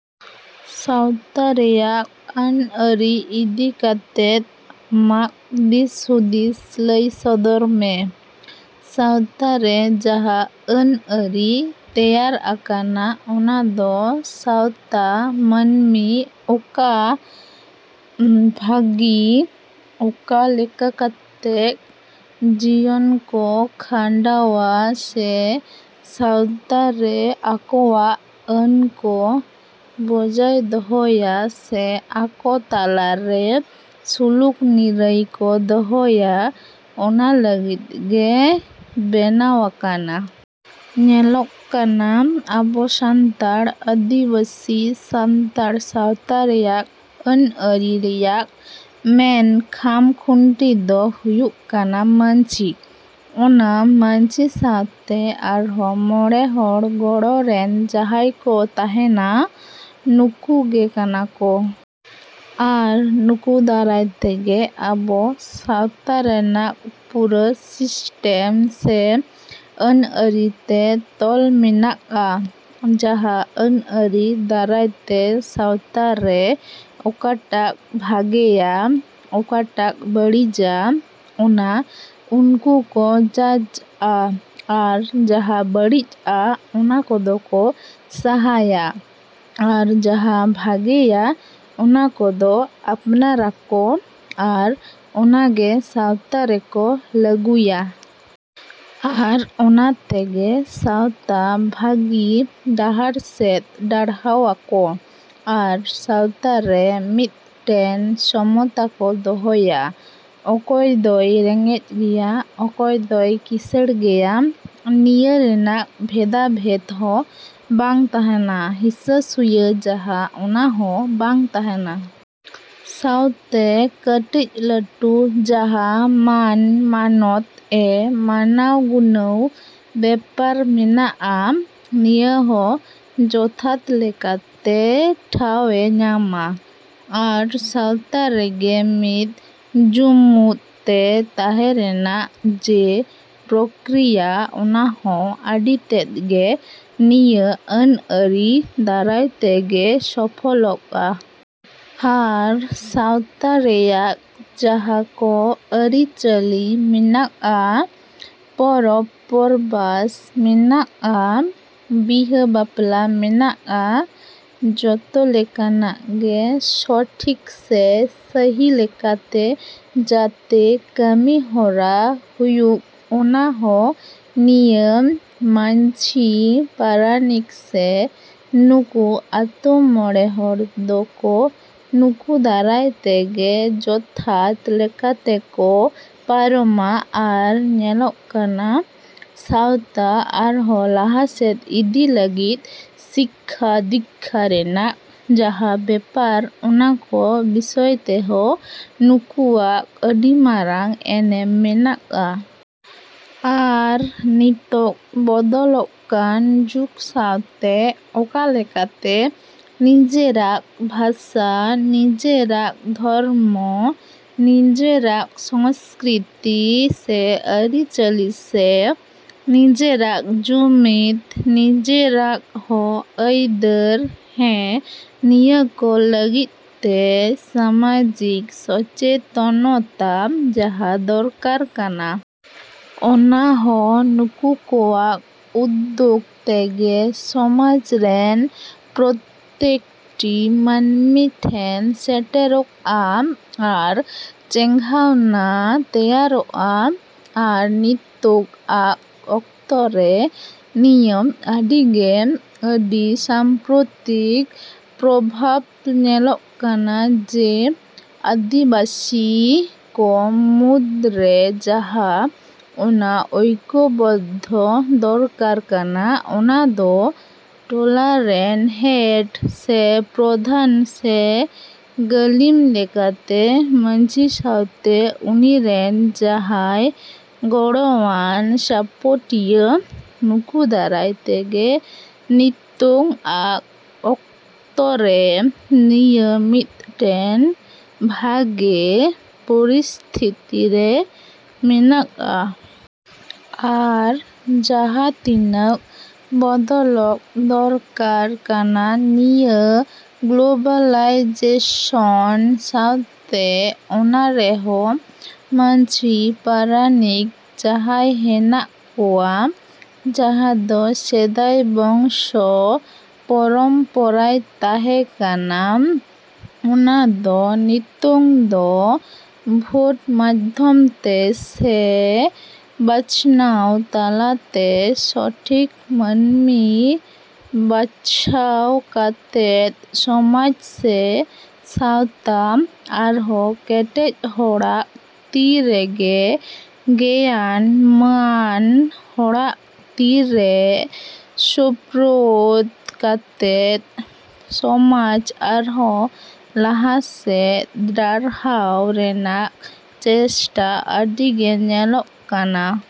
ᱥᱟᱶᱛᱟ ᱨᱮᱭᱟᱜ ᱟᱹᱱ ᱟᱹᱨᱤ ᱤᱫᱤ ᱠᱟᱛᱮᱜ ᱟᱢᱟᱜ ᱫᱤᱥ ᱦᱩᱫᱤᱥ ᱞᱟᱹᱭ ᱥᱚᱫᱚᱨ ᱢᱮ᱾ ᱥᱟᱶᱛᱟ ᱨᱮ ᱡᱟᱦᱟᱸ ᱟᱹᱱ ᱟᱹᱨᱤ ᱛᱮᱭᱟᱨ ᱟᱠᱟᱱᱟ ᱚᱱᱟ ᱫᱚ ᱥᱟᱶᱛᱟ ᱢᱟᱹᱱᱢᱤ ᱚᱠᱟ ᱵᱷᱟᱜᱤ, ᱚᱠᱟ ᱞᱮᱠᱟ ᱠᱟᱛᱮᱜ ᱡᱤᱭᱚᱱ ᱠᱚ ᱠᱷᱟᱸᱰᱟᱣᱟ ᱥᱮ ᱥᱟᱶᱛᱟ ᱨᱮ ᱟᱠᱚᱣᱟᱜ ᱟᱹᱱ ᱠᱚ ᱵᱚᱡᱟᱭ ᱫᱚᱦᱚᱭᱟ ᱥᱮ ᱟᱠᱚ ᱛᱟᱞᱟ ᱨᱮ ᱥᱩᱞᱩᱠ ᱱᱤᱨᱟᱹᱭ ᱠᱚ ᱫᱚᱦᱚᱭᱟ, ᱚᱱᱟ ᱞᱟᱹᱜᱤᱫ ᱜᱮ ᱵᱮᱱᱟᱣ ᱟᱠᱟᱱᱟ᱾ ᱧᱮᱞᱚᱜ ᱠᱟᱱᱟ ᱟᱵᱚ ᱥᱟᱱᱛᱟᱲ ᱟᱹᱫᱤᱵᱟᱹᱥᱤ ᱥᱟᱱᱛᱟᱲ ᱥᱟᱶᱛᱟ ᱨᱮᱭᱟᱜ ᱟᱹᱱ ᱟᱹᱨᱤ ᱨᱮᱭᱟᱜ ᱢᱮᱱ ᱠᱷᱟᱢ ᱠᱷᱩᱱᱴᱤ ᱫᱚ ᱦᱩᱭᱩᱜ ᱠᱟᱱᱟ ᱢᱟᱺᱡᱷᱤ᱾ ᱚᱱᱟ ᱢᱟᱺᱡᱷᱤ ᱥᱟᱶᱛᱮ ᱟᱨᱦᱚᱸ ᱢᱚᱬᱮ ᱦᱚᱲ ᱜᱚᱲᱚ ᱨᱮᱱ ᱡᱟᱦᱟᱸᱭ ᱠᱚ ᱛᱟᱦᱮᱸᱱᱟ, ᱱᱩᱠᱩ ᱜᱮ ᱠᱟᱱᱟ ᱠᱚ, ᱟᱨ ᱱᱩᱠᱩ ᱫᱟᱨᱟᱭ ᱛᱮᱜᱮ ᱟᱵᱚ ᱥᱟᱶᱛᱟ ᱨᱮᱱᱟᱜ ᱯᱩᱨᱟᱹ ᱥᱤᱥᱴᱮᱢ ᱥᱮ ᱟᱹᱱ ᱟᱹᱨᱤ ᱛᱮ ᱛᱚᱞ ᱢᱮᱱᱟᱜᱼᱟ, ᱡᱟᱦᱟᱸ ᱟᱹᱱ ᱟᱹᱨᱤ ᱫᱟᱨᱟᱭ ᱛᱮ ᱥᱟᱶᱛᱟ ᱨᱮ ᱚᱠᱟᱴᱟᱜ ᱵᱷᱟᱜᱮᱭᱟ, ᱚᱠᱟᱴᱟᱜ ᱵᱟᱹᱲᱤᱡᱼᱟ ᱚᱱᱟ ᱩᱱᱠᱩ ᱠᱚ ᱡᱟᱡᱽᱼᱟ ᱟᱨ ᱡᱟᱦᱟᱸ ᱵᱟᱹᱲᱤᱡᱼᱟ ᱚᱱᱟ ᱠᱚᱫᱚ ᱠᱚ ᱥᱟᱦᱟᱭᱟ, ᱟᱨ ᱡᱟᱦᱟᱸ ᱵᱷᱟᱜᱮᱭᱟ ᱚᱱᱟ ᱠᱚᱫᱚ ᱟᱯᱱᱟᱨ ᱟᱠᱚ ᱟᱨ ᱚᱱᱟ ᱜᱮ ᱥᱟᱶᱛᱟ ᱨᱮᱠᱚ ᱞᱟᱹᱜᱩᱭᱟ᱾ ᱟᱨ ᱚᱱᱟ ᱛᱮᱜᱮ ᱥᱟᱶᱛᱟ ᱵᱷᱟᱹᱜᱤ ᱰᱟᱦᱟᱨ ᱥᱮᱫ ᱰᱟᱨᱦᱟᱣ ᱟᱠᱚ᱾ ᱟᱨ ᱥᱟᱶᱛᱟ ᱨᱮ ᱢᱤᱫᱴᱮᱱ ᱥᱚᱢᱚᱛᱟ ᱠᱚ ᱫᱚᱦᱚᱭᱟ, ᱚᱠᱚᱭ ᱫᱚᱭ ᱨᱮᱸᱜᱮᱡ ᱜᱮᱭᱟ, ᱚᱠᱚᱭ ᱫᱚᱭ ᱠᱤᱸᱥᱟᱹᱬ ᱜᱮᱭᱟ, ᱱᱤᱭᱟᱹ ᱨᱮᱱᱟᱜ ᱵᱷᱮᱫᱟ ᱵᱷᱮᱫ ᱦᱚᱸ ᱵᱟᱝ ᱛᱟᱦᱮᱸᱱᱟ, ᱦᱤᱸᱥᱟᱹ ᱥᱩᱭᱟᱹ ᱡᱟᱦᱟᱸ ᱚᱱᱟ ᱦᱚᱸ ᱵᱟᱝ ᱛᱟᱦᱮᱸᱱᱟ᱾ ᱥᱟᱶᱛᱮ ᱠᱟᱹᱴᱤᱡ ᱞᱟᱹᱴᱩ ᱡᱟᱦᱟᱸ ᱢᱟᱱ ᱢᱟᱱᱚᱛ ᱮ ᱢᱟᱱᱟᱣ ᱜᱩᱱᱟᱹᱣ ᱵᱮᱯᱟᱨ ᱢᱮᱱᱟᱜᱼᱟ, ᱱᱤᱭᱟᱹ ᱦᱚᱸ ᱡᱚᱛᱷᱟᱛ ᱞᱮᱠᱟᱛᱮ ᱴᱷᱟᱸᱣᱭᱮ ᱧᱟᱢᱟ᱾ ᱟᱨ ᱥᱟᱶᱛᱟ ᱨᱮᱜᱮ ᱢᱤᱫ ᱡᱩᱢᱩᱫ ᱛᱮ ᱛᱟᱦᱮᱸ ᱨᱮᱱᱟᱜ ᱡᱮ ᱯᱨᱚᱠᱠᱨᱤᱭᱟ ᱚᱱᱟ ᱦᱚᱸ ᱟᱹᱰᱤ ᱛᱮᱫ ᱜᱮ ᱱᱤᱭᱟᱹ ᱟᱹᱱ ᱟᱹᱨᱤ ᱫᱟᱨᱟᱭ ᱛᱮᱜᱮ ᱥᱚᱯᱷᱚᱞᱚᱜᱼᱟ᱾ ᱟᱨ ᱥᱟᱶᱛᱟ ᱨᱮᱭᱟᱜ ᱡᱟᱦᱟᱸ ᱠᱚ ᱟᱹᱨᱤ ᱪᱟᱹᱞᱤ ᱢᱮᱱᱟᱜᱼᱟ, ᱯᱚᱨᱚᱵᱽ ᱯᱚᱨᱵᱟᱥ ᱢᱮᱱᱟᱜᱼᱟ, ᱵᱤᱦᱟᱹ ᱵᱟᱯᱞᱟ ᱢᱮᱱᱟᱜᱼᱟ, ᱡᱚᱛᱚ ᱞᱮᱠᱟᱱᱟᱜ ᱜᱮ ᱥᱚᱴᱷᱤᱠ ᱥᱮ ᱥᱟᱹᱦᱤ ᱞᱮᱠᱟᱛᱮ ᱡᱟᱛᱮ ᱠᱟᱹᱢᱤ ᱦᱚᱨᱟ ᱦᱩᱭᱩᱜ ᱚᱱᱟ ᱦᱚᱸ ᱱᱤᱭᱟᱹ ᱢᱟᱺᱡᱷᱤ ᱯᱟᱨᱟᱱᱤᱠ ᱥᱮ ᱱᱩᱠᱩ ᱟᱛᱳ ᱢᱚᱬᱮ ᱦᱚᱲ ᱫᱚ ᱠᱚ ᱱᱩᱠᱩ ᱫᱟᱨᱟᱭ ᱛᱮᱜᱮ ᱡᱚᱛᱷᱟᱛ ᱞᱮᱠᱟᱛᱮ ᱠᱚ ᱯᱟᱨᱚᱢᱟ ᱟᱨ ᱧᱮᱞᱚᱜ ᱠᱟᱱᱟ ᱥᱟᱶᱛᱟ ᱟᱨᱦᱚᱸ ᱞᱟᱦᱟᱥᱮᱫ ᱤᱫᱤ ᱞᱟᱹᱜᱤᱫ ᱥᱤᱠᱠᱷᱟ-ᱫᱤᱠᱠᱷᱟ ᱨᱮᱱᱟᱜ ᱡᱟᱦᱟᱸ ᱵᱮᱯᱟᱨ ᱚᱱᱟ ᱠᱚ ᱵᱤᱥᱚᱭ ᱛᱮᱦᱚᱸ ᱱᱩᱠᱩᱣᱟᱜ ᱟᱹᱰᱤ ᱢᱟᱨᱟᱝ ᱮᱱᱮᱢ ᱢᱮᱱᱟᱜᱼᱟ᱾ ᱟᱨ ᱱᱤᱛᱚᱜ ᱵᱚᱫᱚᱞᱚᱜ ᱠᱟᱱ ᱡᱩᱜᱽ ᱥᱟᱶᱛᱮ ᱚᱠᱟ ᱞᱮᱠᱟᱛᱮ ᱱᱤᱡᱮᱨᱟᱜ ᱵᱷᱟᱥᱟ, ᱱᱤᱡᱮᱨᱟᱜ ᱫᱷᱚᱨᱢᱚ, ᱱᱤᱡᱮᱨᱟᱜ ᱥᱚᱝᱥᱠᱨᱤᱛᱤ ᱥᱮ ᱟᱹᱨᱤ ᱪᱟᱹᱞᱤ ᱥᱮ ᱱᱤᱡᱮᱨᱟᱜ ᱡᱩᱢᱤᱫ, ᱱᱤᱡᱮᱨᱟᱜ ᱦᱚᱸ ᱟᱹᱭᱫᱟᱹᱨ, ᱦᱮᱸ, ᱱᱤᱭᱟᱹ ᱠᱚ ᱞᱟᱹᱜᱤᱫ ᱛᱮ ᱥᱟᱢᱟᱡᱤᱠ ᱥᱚᱪᱮᱛᱚᱱᱚᱛᱟ ᱡᱟᱦᱟᱸ ᱫᱚᱨᱠᱟᱨ ᱠᱟᱱᱟ ᱚᱱᱟ ᱦᱚᱸ ᱱᱩᱠᱩ ᱠᱚᱣᱟᱜ ᱩᱫᱽᱫᱳᱜ ᱛᱮᱜᱮ ᱥᱚᱢᱟᱡᱽ ᱨᱮᱱ ᱯᱨᱚᱛᱛᱮᱠ ᱴᱤ ᱢᱟᱹᱱᱢᱤ ᱴᱷᱮᱱ ᱥᱮᱴᱮᱨᱚᱜᱼᱟ, ᱟᱨ ᱪᱮᱸᱜᱷᱟᱣᱱᱟ ᱛᱮᱭᱟᱨᱚᱜᱼᱟ, ᱟᱨ ᱱᱤᱛᱚᱜᱼᱟᱜ ᱚᱠᱛᱚ ᱨᱮ ᱱᱤᱭᱟᱹ ᱟᱹᱰᱤ ᱜᱮ ᱟᱹᱰᱤ ᱥᱟᱢᱯᱨᱚᱛᱤᱠ ᱯᱨᱚᱵᱷᱟᱵᱽ ᱧᱮᱞᱚᱜ ᱠᱟᱱᱟ, ᱡᱮ ᱟᱹᱫᱤᱵᱟᱥᱤ ᱠᱚ ᱢᱩᱫᱽᱨᱮ ᱡᱟᱦᱟᱸ ᱚᱱᱟ ᱳᱭᱠᱚᱵᱚᱫᱽᱫᱷᱚ ᱫᱚᱨᱠᱟᱨ ᱠᱟᱱᱟ ᱚᱱᱟ ᱫᱚ ᱴᱚᱞᱟ ᱨᱮᱱ ᱦᱮᱰ ᱥᱮ ᱯᱨᱚᱫᱷᱟᱱ ᱥᱮ ᱜᱟᱹᱞᱤᱢ ᱞᱮᱠᱟ ᱛᱮ ᱢᱟᱺᱡᱷᱤ ᱥᱟᱶᱛᱮ ᱩᱱᱤ ᱨᱮᱱ ᱡᱟᱦᱟᱸᱭ ᱜᱚᱲᱚᱣᱟᱱ ᱥᱟᱯᱚᱴᱤᱭᱟᱹ ᱱᱩᱠᱩ ᱫᱟᱨᱟᱭ ᱛᱮᱜᱮ ᱱᱤᱛᱚᱝ-ᱟᱜ ᱚᱠᱛᱚ ᱨᱮ ᱱᱤᱭᱟᱹ ᱢᱤᱫᱴᱮᱱ ᱵᱷᱟᱜᱮ ᱯᱚᱨᱤᱥᱛᱷᱤᱛᱤ ᱨᱮ ᱢᱮᱱᱟᱜᱼᱟ᱾ ᱟᱨ ᱡᱟᱦᱟᱸ ᱛᱤᱱᱟᱹᱜ ᱵᱚᱫᱚᱞᱚᱜ ᱫᱚᱨᱠᱟᱨ ᱠᱟᱱᱟ ᱱᱤᱭᱟᱹ ᱜᱞᱳᱵᱟᱞᱟᱭᱡᱮᱥᱚᱱ ᱥᱟᱶᱛᱮ ᱚᱱᱟ ᱨᱮᱦᱚᱸ ᱢᱟᱺᱡᱷᱤ ᱯᱟᱨᱟᱱᱤᱠ ᱡᱟᱦᱟᱸᱭ ᱦᱮᱱᱟᱜ ᱠᱚᱣᱟ ᱡᱟᱦᱟᱸ ᱫᱚ ᱥᱮᱫᱟᱭ ᱵᱚᱝᱥᱚ ᱯᱚᱨᱚᱢ ᱯᱚᱨᱟᱭ ᱛᱟᱦᱮᱸ ᱠᱟᱱᱟ, ᱚᱱᱟ ᱫᱚ ᱱᱤᱛᱚᱝ ᱫᱚ ᱵᱷᱳᱴ ᱢᱟᱫᱽᱫᱷᱚᱢ ᱛᱮ ᱥᱮ ᱵᱟᱪᱷᱱᱟᱣ ᱛᱟᱞᱟ ᱛᱮ ᱥᱚᱴᱷᱤᱠ ᱢᱟᱹᱱᱢᱤ ᱵᱟᱪᱷᱟᱣ ᱠᱟᱛᱮᱫ ᱥᱚᱢᱟᱡᱽ ᱥᱮ ᱥᱟᱶᱛᱟ ᱟᱨᱦᱚᱸ ᱠᱮᱴᱮᱡ ᱦᱚᱲᱟᱜ ᱛᱤ ᱨᱮᱜᱮ ᱜᱮᱭᱟᱱ ᱢᱟᱱ ᱦᱚᱲᱟᱜ ᱛᱤ ᱨᱮ ᱥᱳᱯᱨᱳᱫ ᱠᱟᱛᱮᱫ ᱥᱚᱢᱟᱡᱽ ᱟᱨᱦᱚᱸ ᱞᱟᱦᱟᱥᱮᱫ ᱰᱟᱨᱦᱟᱣ ᱨᱮᱱᱟᱜ ᱪᱮᱥᱴᱟ ᱟᱹᱰᱤ ᱜᱮ ᱧᱮᱞᱚᱜ ᱠᱟᱱᱟ᱾।